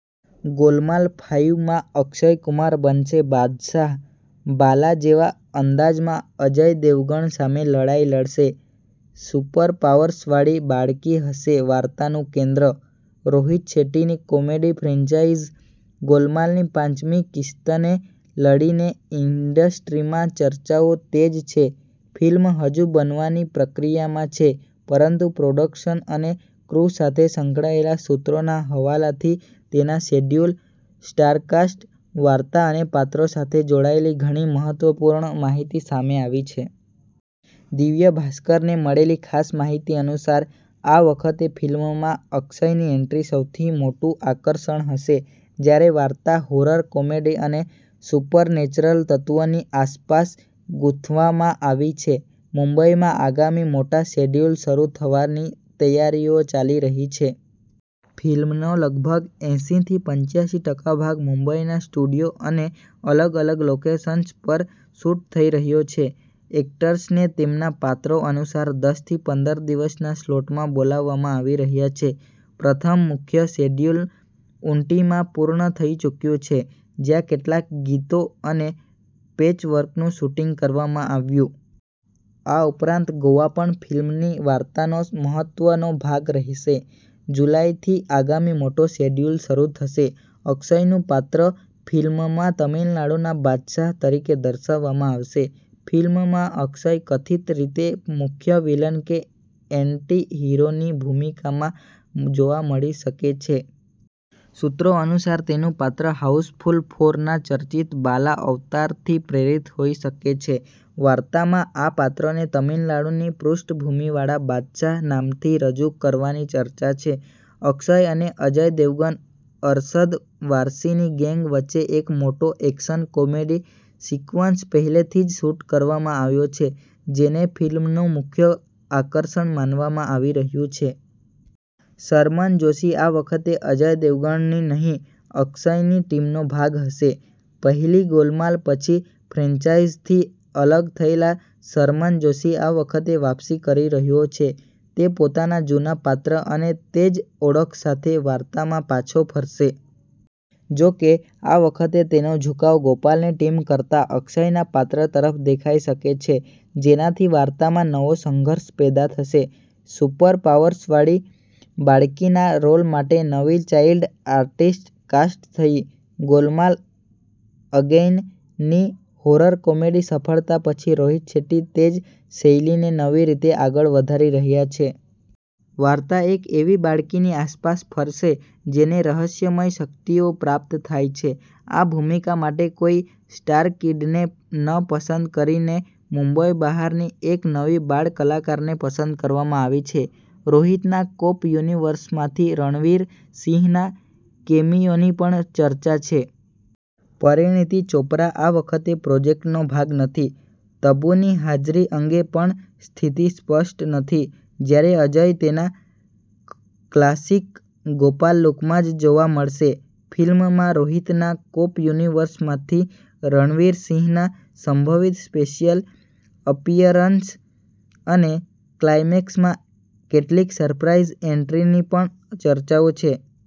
Golmaal five માં અક્ષય કુમાર બનશે 'બાદશાહ.' 'બાલા' જેવા અંદાજમાં અજય દેવગણ સામે લડાઈ લડશે, સુપરપાવર્સવાળી બાળકી હશે વાર્તાનું કેન્દ્ર. રોહિત શેટ્ટીની કોમેડી ફ્રેન્ચાઇઝ 'ગોલમાલ'ની પાંચમી કીસ્તને લઈને ઇન્ડસ્ટ્રીમાં ચર્ચાઓ તેજ છે. ફિલ્મ હજુ બનવાની પ્રક્રિયામાં છે, પરંતુ પ્રોડક્શન અને ક્રૂ સાથે સંકળાયેલા સૂત્રોના હવાલાથી તેના શેડ્યૂલ, સ્ટારકાસ્ટ, વાર્તા અને પાત્રો સાથે જોડાયેલી ઘણી મહત્વપૂર્ણ માહિતી સામે આવી છે. દિવ્ય ભાસ્કરને મળેલી ખાસ માહિતી અનુસાર, આ વખતે ફિલ્મમાં અક્ષયની એન્ટ્રી સૌથી મોટું આકર્ષણ હશે, જ્યારે વાર્તા હોરર-કોમેડી અને સુપરનેચરલ તત્વોની આસપાસ ગૂંથવામાં આવી છે. મુંબઈમાં આગામી મોટા શેડ્યૂલ શરૂ થવાની તૈયારીઓ ચાલી રહી છે. ફિલ્મનો લગભગ એંસી થી પંચ્યાસી ટકા ભાગ મુંબઈના સ્ટુડિયો અને અલગ-અલગ લોકેશન્સ પર શૂટ થઈ રહ્યો છે. એક્ટર્સને તેમના પાત્રો અનુસાર દસ થી પંદર દિવસના સ્લોટમાં બોલાવવામાં આવી રહ્યા છે. પ્રથમ મુખ્ય શેડ્યૂલ ઊટીમાં પૂર્ણ થઈ ચૂક્યું છે, જ્યાં કેટલાક ગીતો અને પેચવર્કનું શૂટિંગ કરવામાં આવ્યું. આ ઉપરાંત ગોવા પણ ફિલ્મની વાર્તાનો મહત્વનો ભાગ રહેશે. જુલાઈથી આગામી મોટો શેડ્યૂલ શરૂ થશે. અક્ષયનું પાત્ર ફિલ્મમાં તમિલનાડુના 'બાદશાહ' તરીકે દર્શાવવામાં આવશે. ફિલ્મમાં અક્ષય કથિત રીતે મુખ્ય વિલન કે એન્ટી-હીરોની ભૂમિકામાં જોવા મળી શકે છે. સૂત્રો અનુસાર, તેનું પાત્ર 'હાઉસફુલ ફોર'ના ચર્ચિત 'બાલા' અવતારથી પ્રેરિત હોઈ શકે છે. વાર્તામાં આ પાત્રને તમિલનાડુની પૃષ્ઠભૂમિવાળા 'બાદશાહ' નામથી રજૂ કરવાની ચર્ચા છે. અક્ષય અને અજય દેવગન-અરશદ વારસીની ગેંગ વચ્ચે એક મોટો એક્શન-કોમેડી સિક્વન્સ પહેલેથી જ શૂટ કરવામાં આવ્યો છે, જેને ફિલ્મનું મુખ્ય આકર્ષણ માનવામાં આવી રહ્યું છે. શરમન જોશી આ વખતે અજય દેવગનની નહીં, અક્ષયની ટીમનો ભાગ હશે. પહેલી 'ગોલમાલ' પછી ફ્રેન્ચાઇઝથી અલગ થયેલા શરમન જોશી આ વખતે વાપસી કરી રહ્યો છે. તે પોતાના જૂના પાત્ર અને તે જ ઓળખ સાથે વાર્તામાં પાછો ફરશે. જોકે, આ વખતે તેનો ઝુકાવ ગોપાલની ટીમ કરતાં અક્ષયના પાત્ર તરફ દેખાઈ શકે છે, જેનાથી વાર્તામાં નવો સંઘર્ષ પેદા થશે. સુપરપાવર્સવાળી બાળકીના રોલ માટે નવી ચાઈલ્ડ આર્ટિસ્ટ કાસ્ટ થઈ. 'ગોલમાલ અગેઇન'ની હોરર-કોમેડી સફળતા પછી રોહિત શેટ્ટી તે જ શૈલીને નવી રીતે આગળ વધારી રહ્યા છે. વાર્તા એક એવી બાળકીની આસપાસ ફરશે, જેને રહસ્યમય શક્તિઓ પ્રાપ્ત થાય છે. આ ભૂમિકા માટે કોઈ સ્ટારકિડને ન પસંદ કરીને મુંબઈ બહારની એક નવી બાળ કલાકારને પસંદ કરવામાં આવી છે. રોહિતના કોપ યુનિવર્સમાંથી રણવીર સિંહના કેમિયોની પણ ચર્ચા છે. પરિણીતિ ચોપરા આ વખતે પ્રોજેક્ટનો ભાગ નથી. તબુની હાજરી અંગે પણ સ્થિતિ સ્પષ્ટ નથી. જ્યારે અજય તેના ક્લાસિક 'ગોપાલ' લુકમાં જ જોવા મળશે. ફિલ્મમાં રોહિતના કોપ યુનિવર્સમાંથી રણવીર સિંહના સંભવિત સ્પેશિયલ અપિયરન્સ અને ક્લાઇમેક્સમાં કેટલીક સરપ્રાઇઝ એન્ટ્રીની પણ ચર્ચાઓ છે.